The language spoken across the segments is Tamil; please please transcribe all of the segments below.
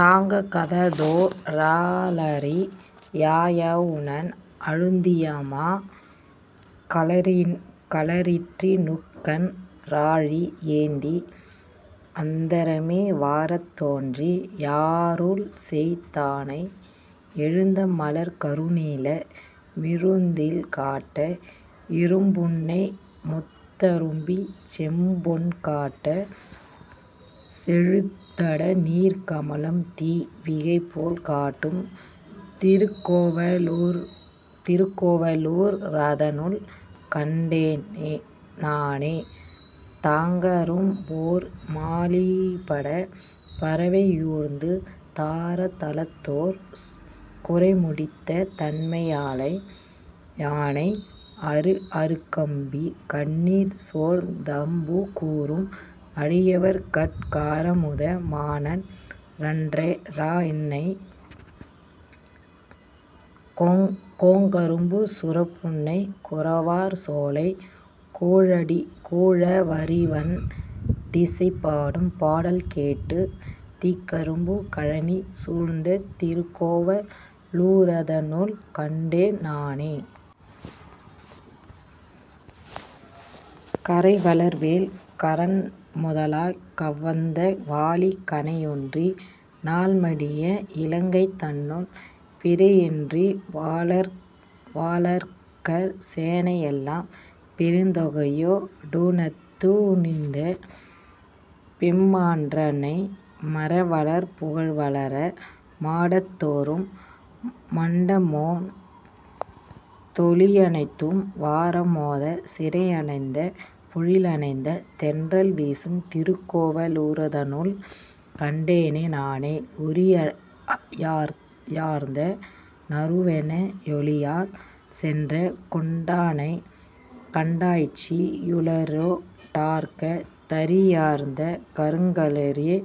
தாங்காததோ ராளரி யாயவுணன் -। அழுந்தியமா களிற்றினுக்கன் றாழி யேந்தி அந்தரமே வரத்தோன்றி யருள்செய் தானை, எழுந்தமலர்க் கருநீல மிருந்தில் காட்ட இரும்புன்னை முத்தரும்பிச் செம்பொன்காட்ட, செழுந்தடநீர்க் கமலம்தீ விகைபோல் காட்டும் திருக்கோவ லூரதனுள் கண்டேன் நானே.. தாங்கரும்போர் மாலிபடப் பறவை யூர்ந்து தராதலத்தோர் குறைமுடித்த தன்மையானை, ஆங்கரும்பிக் கண்ணீர்சோர்ந் தன்பு கூரும் அடியவர்கட் காரமுத மானான் றன்னை, கோங்கரும்பு சுரபுன்னை குரவார் சோலைக் குழாவரிவண் டிசைபாடும் பாடல் கேட்டு தீங்கரும்பு கழனி சூழ்ந்த திருக்கோவ லூரதனுள் கண்டேன் நானே.. கறைவளர்வேல் கரன்முதலாக் கவந்தன் வாலி கணையொன்றி நால்மடிய இலங்கைதன்னுள், பிறையெயிற்று வாளரக்கர் சேனை யெல்லாம் பெருந்தகையோ டுடந்துணித்த பெம்மான்றன்னை, மறைவளரப் புகழ்வளர மாடந் தோறும் மண்டபமொண் தொளியனைத்தும் வாரமோத, சிறையணைந்த பொழிலணைந்த தென்றல் வீசும் திருக்கோவ லூரதனுள் கண்டேன் நானே.. உறியார்ந்த நறுவெண்ணெ யொளியால் சென்றங் குண்டானைக் கண்டாய்ச்சி யுரலோ டார்க்க, தறியார்ந்த கருங்களிறே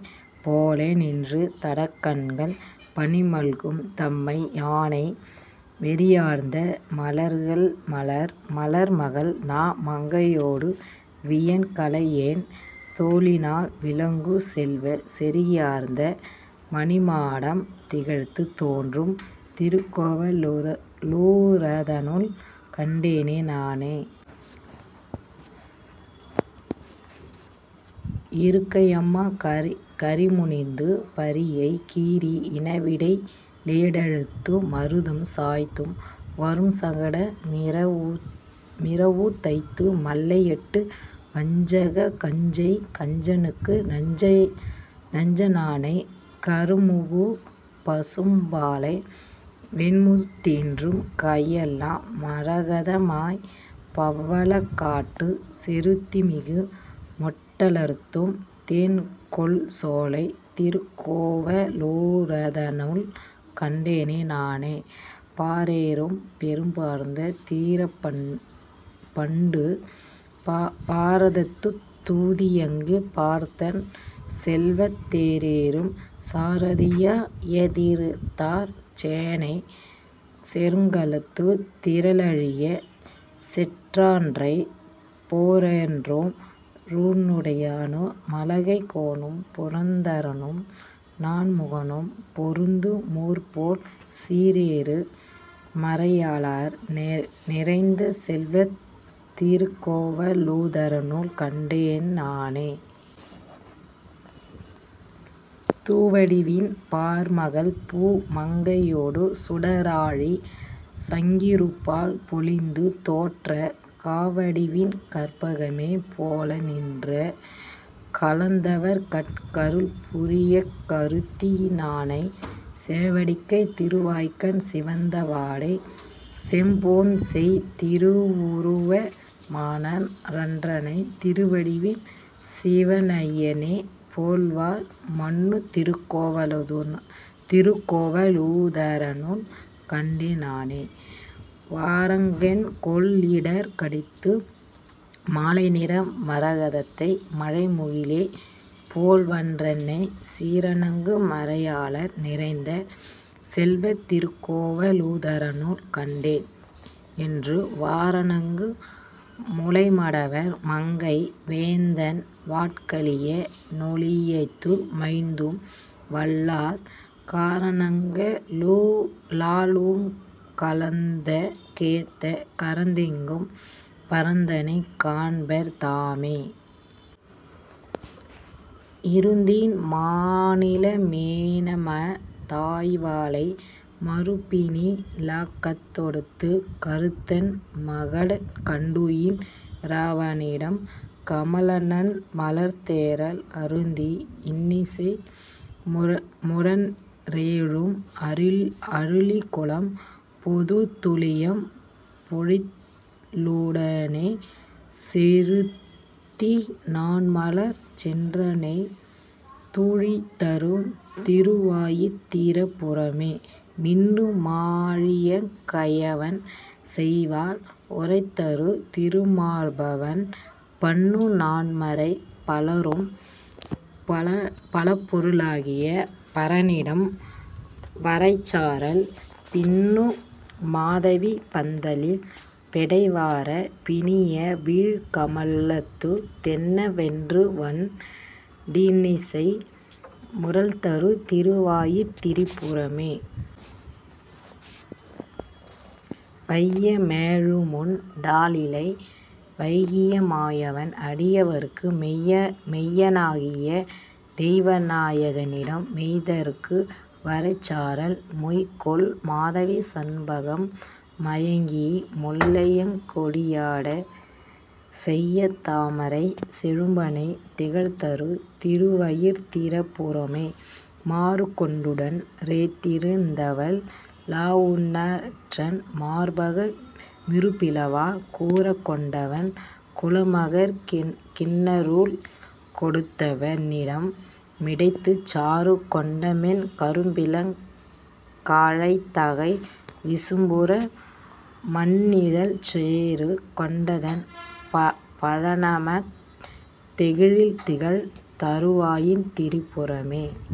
போல நின்று தடங்கண்கள் பனிமல்கும் தன்மை யானை, வெறியார்ந்த மலர்மகள்நா மங்கை யோடு, வியன்கலையெண் தோளினாள் விளங்கு, செல்வச் செறியார்ந்த மணிமாடம் திகழ்ந்து தோன்றும் திருக்கோவ லூரதனுள் கண்டேன் நானே.. இருங்கைம்மா கரிமுனிந்து பரியைக் கீறி இனவிடைக ளேழடர்த்து மருதம் சாய்த்து, வரும்சகட மிறவுதைத்து மல்லை யட்டு வஞ்சகஞ்செய் கஞ்சனுக்கு நஞ்சா னானை, கருங்கமுகு பசும்பாளை வெண்முத் தீன்று காயெல்லாம் மரகதமாய்ப் பவளங் காட்ட, செருந்திமிக மொட்டலர்த்தும் தேன்கொள்சோலைத் திருக்கோவ லூரதனுள் கண்டேன் நானே.. பாரேறு பெரும்பாரந் தீரப் பண்டு பாரதத்துத் தூதியங்கி, பார்த்தன் செல்வத் தேரேறு சாரதியா யெதிர்ந்தார் சேனை செருக்களத்துத் திறலழியச் செற்றான்றன்னை, போரேறொன் றுடையானு மளகைக் கோனும் புரந்தரனும் நான்முகனும் பொருந்து மூர்ப்போல், சீரேறு மறையாளர் நிறைந்த செல்வத் திருக்கோவ லூரதனுள் கண்டேன் நானே.. தூவடிவின் பார்மகள்பூ மங்கை யோடு சுடராழி சங்கிருபால் பொலிந்து தோன்ற, காவடிவின் கற்பகமே போல நின்று கலந்தவர்கட் கருள்புரியுங் கருத்தி னானை, சேவடிகை திருவாய்கண் சிவந்த வாடை செம்பொன்செய் திருவுருவ மானான் றன்னை, தீவடிவின் சிவனயனே போல்வார் மன்னு திருக்கோவ லூரதனுள் கண்டேன் நானே.. வாரணங்கொ ளிடர்க்கடிந்த மாலை நீல மரதகத்தை மழைமுகிலே போல்வான்றன்னை, சீரணங்கு மறையாளர் நிறைந்த செல்வத் திருக்கோவ லூரதனுள் கண்டேன், என்று வாரணங்கு முலைமடவார் மங்கை வேந்தன் வாட்கலிய னொலியைந்து மைந்தும் வல்லார், காரணங்க லாலுகங் கலந்தங்க் கேத்தக் கரந்தெங்கும் பரந்தானைக் காண்பர் தாமே. இருந்தண் மாநில மேனம தாய்வளை மருப்பினி லகத்தொடுக்கி, கருந்தண் மாகடல் கண்டுயின் றவனிடம் கமலநன் மலர்த்தேறல் அருந்தி, இன்னிசை முரன்றெழும் அளிகுலம் பொதுளியம் பொழிலூடே, செருந்தி நாண்மலர் சென்றணைந் துழிதரு திருவயிந் திரபுரமே.. மின்னு மாழியங் கையவன் செய்யவள் உறைதரு திருமார்பன், பன்னு நான்மறைப் பலபொரு ளாகிய பரனிடம் வரைச்சாரல், பின்னு மாதவிப் பந்தலில் பெடைவரப் பிணியவிழ் கமலத்து, தென்ன வென்றுவண் டின்னிசை முரல்தரு திருவயிந் திரபுரமே.. வைய மேழுமுண் டாலிலை வைகிய மாயவன், அடியவர்க்கு மெய்ய னாகிய தெய்வநா யகனிடம் மெய்தகு வரைச்சாரல், மொய்கொள் மாதவி சண்பகம் முயங்கிய முல்லையங் கொடியாட, செய்ய தாமரைச் செழும்பணை திகழ்தரு திருவயிந் திரபுரமே.. மாறு கொண்டுடன் றெதிர்ந்தவல் லவுணன்றன் மார்பக மிருபிளவா, கூறு கொண்டவன் குலமகற் கின்னருள் கொடுத்தவ னிடம், மிடைந்து சாறு கொண்டமென் கரும்பிளங் கழைதகை விசும்புற மணிநீழல், சேறு கொண்டதண் பழனம தெழில்திகழ் திருவயிந் திரபுரமே..